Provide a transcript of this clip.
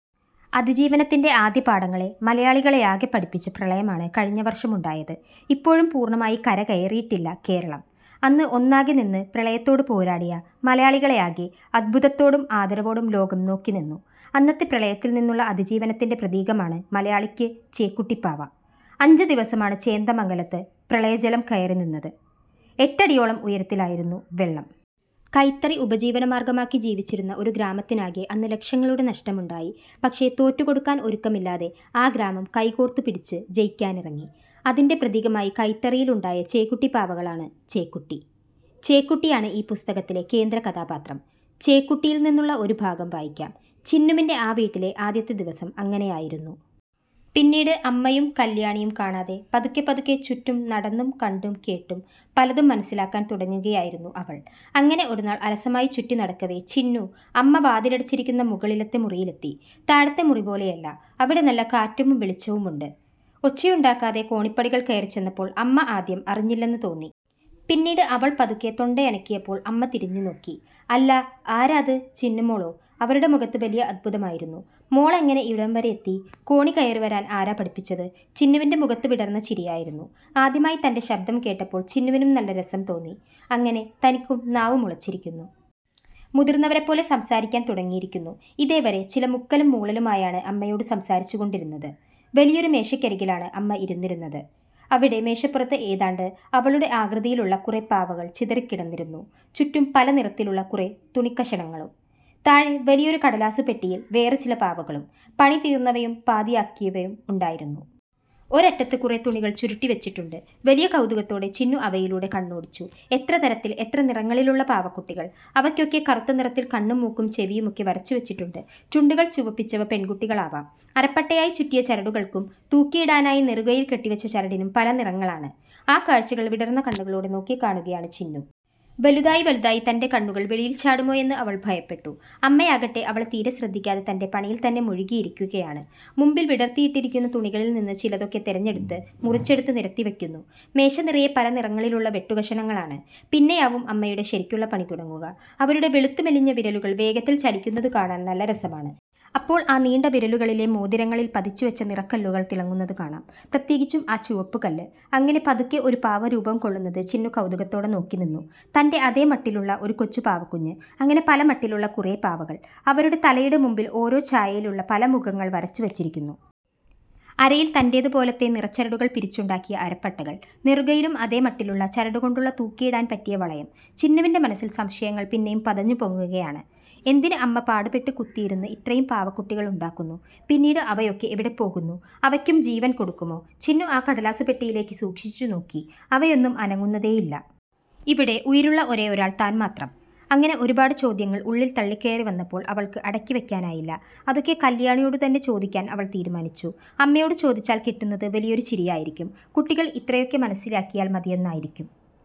അതിജീവനത്തിൻറെ ആദ്യപാഠങ്ങളെ മലയാളികളെയാകെ പഠിപ്പിച്ച പ്രളയമാണ് കഴിഞ്ഞ വർഷമുണ്ടായത്. ഇപ്പോഴും പൂർണമായി കരകയറിയിട്ടില്ല കേരളം. അന്ന് ഒന്നാകെ നിന്ന് പ്രളയത്തോട് പോരാടിയ മലയാളികളെയാകെ അത്ഭുതത്തോടും ആദരവോടും ലോകം നോക്കിനിന്നു. അന്നത്തെ പ്രളയത്തിൽ നിന്നുള്ള അതിജീവനത്തിൻറെ പ്രതീകമാണ് മലയാളിക്ക് ചേക്കുട്ടിപ്പാവ. അഞ്ച് ദിവസമാണ് ചേന്ദമംഗലത്ത് പ്രളയജലം കയറിനിന്നത്. എട്ടടിയോളം ഉയരത്തിലായിരുന്നു വെള്ളം. കൈത്തറി ഉപജീവനമാർഗമാക്കി ജീവിച്ചിരുന്ന ഒരു ഗ്രാമത്തിനാകെ അന്ന് ലക്ഷങ്ങളുടെ നഷ്ടമുണ്ടായി. പക്ഷേ തോറ്റുകൊടുക്കാൻ ഒരുക്കമില്ലാതെ ആ ഗ്രാമം കൈകോർത്തുപിടിച്ച് ജയിക്കാനിറങ്ങി. അതിൻറെ പ്രതീകമായി കൈത്തറിയിലുണ്ടായ ചേക്കുട്ടിപ്പാവകളാണ് ചേക്കുട്ടി. ചേക്കുട്ടിയാണ് ഈ പുസ്തകത്തിലെ കേന്ദ്രകഥാപാത്രം. ചേക്കുട്ടിയിൽ നിന്നുള്ള ഒരു ഭാഗം വായിക്കാം. ചിന്നുവിൻറെ ആ വീട്ടിലെ ആദ്യത്തെ ദിവസം അങ്ങനെയായിരുന്നു. പിന്നീട് അമ്മയും കല്യാണിയും കാണാതെ പതുക്കെപ്പതുക്കെ ചുറ്റും നടന്നും കണ്ടും കേട്ടും പലതും മനസ്സിലാക്കാൻ തുടങ്ങുകയായിരുന്നു അവൾ. അങ്ങനെ ഒരുനാൾ അലസമായി ചുറ്റിനടക്കവേ ചിന്നു അമ്മ വാതിലടച്ചിരിക്കുന്ന മുകളിലത്തെ മുറിയിലെത്തി. താഴത്തെ മുറിപോലെയല്ല. അവിടെ നല്ല കാറ്റും വെളിച്ചവുമുണ്ട്. ഒച്ചയുണ്ടാക്കാതെ കോണിപ്പടികൾ കയറിച്ചെന്നപ്പോൾ അമ്മ ആദ്യം അറിഞ്ഞില്ലെന്ന് തോന്നി. പിന്നീട് അവൾ പതുക്കെ തൊണ്ടയനക്കിയപ്പോൾ അമ്മ തിരിഞ്ഞുനോക്കി. അല്ലാ, ആരാത്? ചിന്നുമോളോ? അവരുടെ മുഖത്ത് വലിയ അത്ഭുതമായിരുന്നു. മോളെങ്ങനെ ഇവിടം വരെയെത്തി? കോണി കയറി വരാൻ ആരാ പഠിപ്പിച്ചത്? ചിന്നുവിൻറെ മുഖത്ത് വിടർന്ന ചിരിയായിരുന്നു. ആദ്യമായി തൻറെ ശബ്ദം കേട്ടപ്പോൾ ചിന്നുവിനും നല്ല രസം തോന്നി. അങ്ങനെ തനിക്കും നാവ് മുളച്ചിരിക്കുന്നു. മുതിർന്നവരെപ്പോലെ സംസാരിക്കാൻ തുടങ്ങിയിരിക്കുന്നു. ഇതേവരെ ചില മുക്കലും മൂളലുമായാണ് അമ്മയോട് സംസാരിച്ചുകൊണ്ടിരുന്നത്. വലിയൊരു മേശയ്ക്കരികിലാണ് അമ്മ ഇരുന്നിരുന്നത്. അവിടെ മേശപ്പുറത്ത് ഏതാണ്ട് അവളുടെ ആകൃതിയിലുള്ള കുറെ പാവകൾ ചിതറിക്കിടന്നിരുന്നു. ചുറ്റും പല നിറങ്ങളിലുള്ള കുറെ തുണിക്കഷണങ്ങളും. താഴെ വലിയൊരു കടലാസുപെട്ടിയിൽ വേറേ ചില പാവകളും, പണി തീർന്നവയും പാതിയാക്കിയവയും ഉണ്ടായിരുന്നു. ഒരറ്റത്ത് കുറെ തുണികളും ചുരുട്ടിവച്ചിട്ടുണ്ട്. വലിയ കൗതുകത്തോടെ ചിന്നു അവയിലൂടെ കണ്ണോടിച്ചു. എത്ര തരത്തിൽ, എത്ര നിറങ്ങളിലുള്ള പാവക്കുട്ടികൾ. അവയ്ക്കൊക്കെ കറുത്ത നിറത്തിൽ കണ്ണും മൂക്കും ചെവിയുമൊക്കെ വരച്ചുവച്ചിട്ടുണ്ട്. ചുണ്ടുകൾ ചുവപ്പിച്ചവ പെൺകുട്ടികളാവാം. അരപ്പട്ടയായി ചുറ്റിയ ചരടുകൾക്കും തൂക്കിയിടാനായി നെറുകയിൽ കെട്ടിവച്ച ചരടിനും പല നിറങ്ങളാണ്.ആ കാഴ്ചകൾ വിടർന്ന കണ്ണുകളോടെ നോക്കിക്കാണുകയാണ് ചിന്നു. വലുതായി വലുതായി തൻറെ കണ്ണുകൾ വെളിയിൽ ചാടുമോയെന്ന് അവൾ ഭയപ്പെട്ടു. അമ്മയാകട്ടെ അവളെ തീരെ ശ്രദ്ധിക്കാതെ തൻറെ പണിയിൽത്തന്നെ മുഴുകിയിരിക്കുകയാണ്. മുമ്പിൽ വിടർത്തിയിട്ടിരിക്കുന്ന തുണികളിൽനിന്ന് ചിലതൊക്കെ തെരഞ്ഞെടുത്ത് മുറിച്ചെടുത്ത് നിരത്തിവയ്ക്കുന്നു. മേശ നിറയെ പല നിറങ്ങളിലുള്ള വെട്ടുകഷണങ്ങളാണ്. പിന്നെയാവും അമ്മയുടെ ശരിക്കുള്ള പണി തുടങ്ങുക. അവരുടെ വെളുത്തു മെലിഞ്ഞ വിരലുകൾ വേഗത്തിൽ ചലിക്കുന്നതു കാണാൻ നല്ല രസമാണ്. അപ്പോൾ ആ നീണ്ട വിരലുകളിലെ മോതിരങ്ങളിൽ പതിച്ചുവച്ച നിറക്കല്ലുകൾ തിളങ്ങുന്നതു കാണാം. പ്രത്യേകിച്ചും ആ ചുവപ്പുകല്ല്. അങ്ങനെ പതുക്കെ ഒരു പാവ രൂപംകൊള്ളുന്നത് ചിന്നു കൗതുകത്തോടെ നോക്കിനിന്നു. തൻറെ അതേ മട്ടിലുള്ള ഒരു കൊച്ചു പാവക്കുഞ്ഞ്. അങ്ങനെ പലമട്ടിലുള്ള കുറേ പാവകൾ. അവരുടെ തലയുടെ മുമ്പിൽ ഓരോ ഛായയിലുള്ള പല മുഖങ്ങൾ വരച്ചുവച്ചിരിക്കുന്നു. അരയിൽ തന്റേതുപോലത്തെ നിറച്ചരടുകൾ പിരിച്ചുണ്ടാക്കിയ അരപ്പട്ടകൾ. നെറുകയിലും അതേ മട്ടിലുള്ള ചരടുകൊണ്ടുള്ള തൂക്കിയിടാൻ പറ്റിയ വളയം. ചിന്നുവിൻറെ മനസ്സിൽ സംശയങ്ങൾ പിന്നെയും പതഞ്ഞുപൊങ്ങുകയാണ്. എന്തിന് അമ്മ പാടുപെട്ട് കുത്തിയിരുന്ന് ഇത്രയും പാവക്കുട്ടികളുണ്ടാക്കുന്നു? പിന്നീട് അവയൊക്കെ എവിടെപ്പോകുന്നു? അവയ്ക്കും ജീവൻ കൊടുക്കുമോ? ചിന്നു ആ കടലാസുപെട്ടിയിലേക്ക് സൂക്ഷിച്ചുനോക്കി. അവയൊന്നും അനങ്ങുന്നതേയില്ല. ഇവിടെ ഉയിരുള്ള ഒരേയൊരാൾ താൻ മാത്രം. അങ്ങനെ ഒരുപാട് ചോദ്യങ്ങൾ ഉള്ളിൽ തള്ളിക്കയറി വന്നപ്പോൾ അവൾക്ക് അടക്കിവയ്ക്കാനായില്ല. അതൊക്കെ കല്യാണിയോടുതന്നെ ചോദിക്കാൻ അവൾ തീരുമാനിച്ചു. അമ്മയോട് ചോദിച്ചാൽ കിട്ടുന്നത് വലിയൊരു ചിരിയായിരിക്കും. കുട്ടികൾ ഇത്രയൊക്കെ മനസ്സിലാക്കിയാൽ മതിയെന്നായിരിക്കും.